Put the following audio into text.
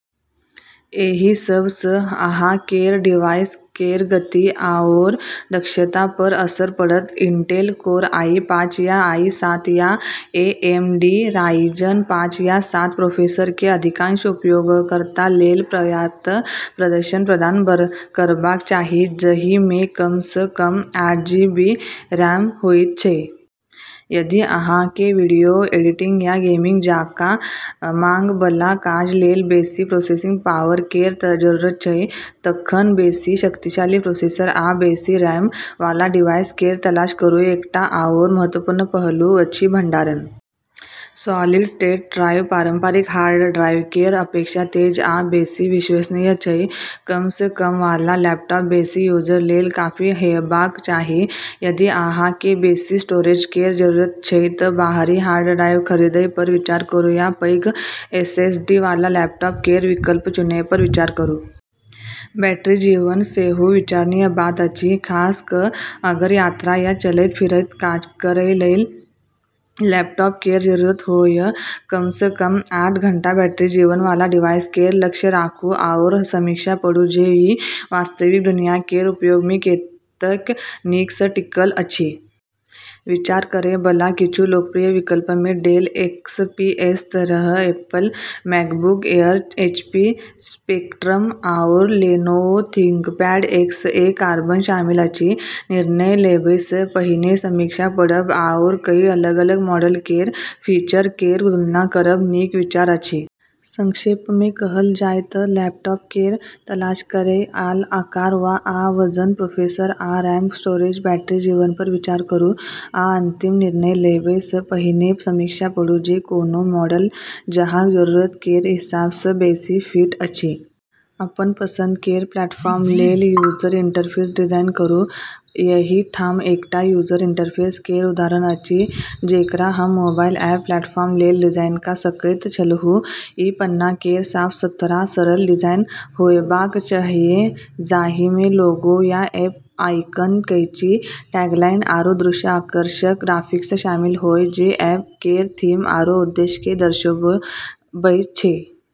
एहि सब सँ अहाँ केर डिवाइस केर गति आओर दक्षता पर असर पड़त। इंटेल कोर आई पाँच या आई सात या ए एम डी राइजन पाँच या सात प्रोसेसर केँ अधिकांश उपयोगकर्ता लेल पर्याप्त प्रदर्शन प्रदान करबाक चाही, जहि मे कम सँ कम आठ जी बी रैम होइत छै। यदि अहाँ केँ वीडियो एडिटिंग या गेमिंग जकाँ मांग बला काज लेल बेसि प्रोसेसिंग पावर केर जरूरत छै, तखन बेसि शक्तिशाली प्रोसेसर आ बेसि रैम वाला डिवाइस केर तलाश करू। एकटा आओर महत्वपूर्ण पहलू अछि भंडारण। सॉलिड-स्टेट ड्राइव पारंपरिक हार्ड ड्राइव केर अपेक्षा तेज आ बेसि विश्वसनीय छै। कम सँ कम वाला लैपटॉप बेसि यूजर लेल काफी हेबाक चाही। यदि अहाँ केँ बेसि स्टोरेज केर जरूरत छै त बाहरी हार्ड ड्राइव खरीदय पर विचार करू या पैघ एसएसडी वाला लैपटॉप केर विकल्प चुनय पर विचार करू। बैटरी जीवन सेहो विचारणीय बात अछि, खास कऽ अगर यात्रा या चलैत-फिरैत काज करै लेल लैपटॉप केर जरूरत होअय। कम सँ कम आठ घंटा बैटरी जीवन वाला डिवाइस केर लक्ष्य राखू, आओर समीक्षा पढ़ू जे ई वास्तविक दुनिया केर उपयोग मे कतेक नीक सँ टिकल अछि। विचार करै बला किछु लोकप्रिय विकल्प मे डेल एक्स पी एस तेरह, Apple MacBook Air, HP Spectrum, आओर लेनोवो थिंकपैड एक्स एक कार्बन शामिल अछि। निर्णय लेबय सँ पहिने समीक्षा पढ़ब आओर कई अलग-अलग मॉडल केर फीचर केर तुलना करब नीक विचार अछि। संक्षेप मे कहल जाय तऽ लैपटॉप केर तलाश करै काल आकार आ वजन, प्रोसेसर आ रैम, स्टोरेज, बैटरी जीवन पर विचार करू आ अंतिम निर्णय लेबय सँ पहिने समीक्षा पढ़ू जे कोनो मॉडल अहाँक जरूरत केर हिसाब सँ बेसि फिट अछि। अपन पसंद केर प्लेटफॉर्म लेल यूजर इंटरफेस डिजाइन करू। एहि ठाम एकटा यूजर इंटरफेस केर उदाहरण अछि जेकरा हम मोबाइल ऐप प्लेटफॉर्म लेल डिजाइन कऽ सकैत छलहुँ। ई पन्ना केर साफ-सुथरा, सरल डिजाइन होयबाक चाहियै जाहिमे लोगो या ऐप आइकन, कैची टैगलाइन आरू दृश्य आकर्षक ग्राफिक्स शामिल होय जे ऐप केर थीम आरू उद्देश्य केँ दर्शाबै छै।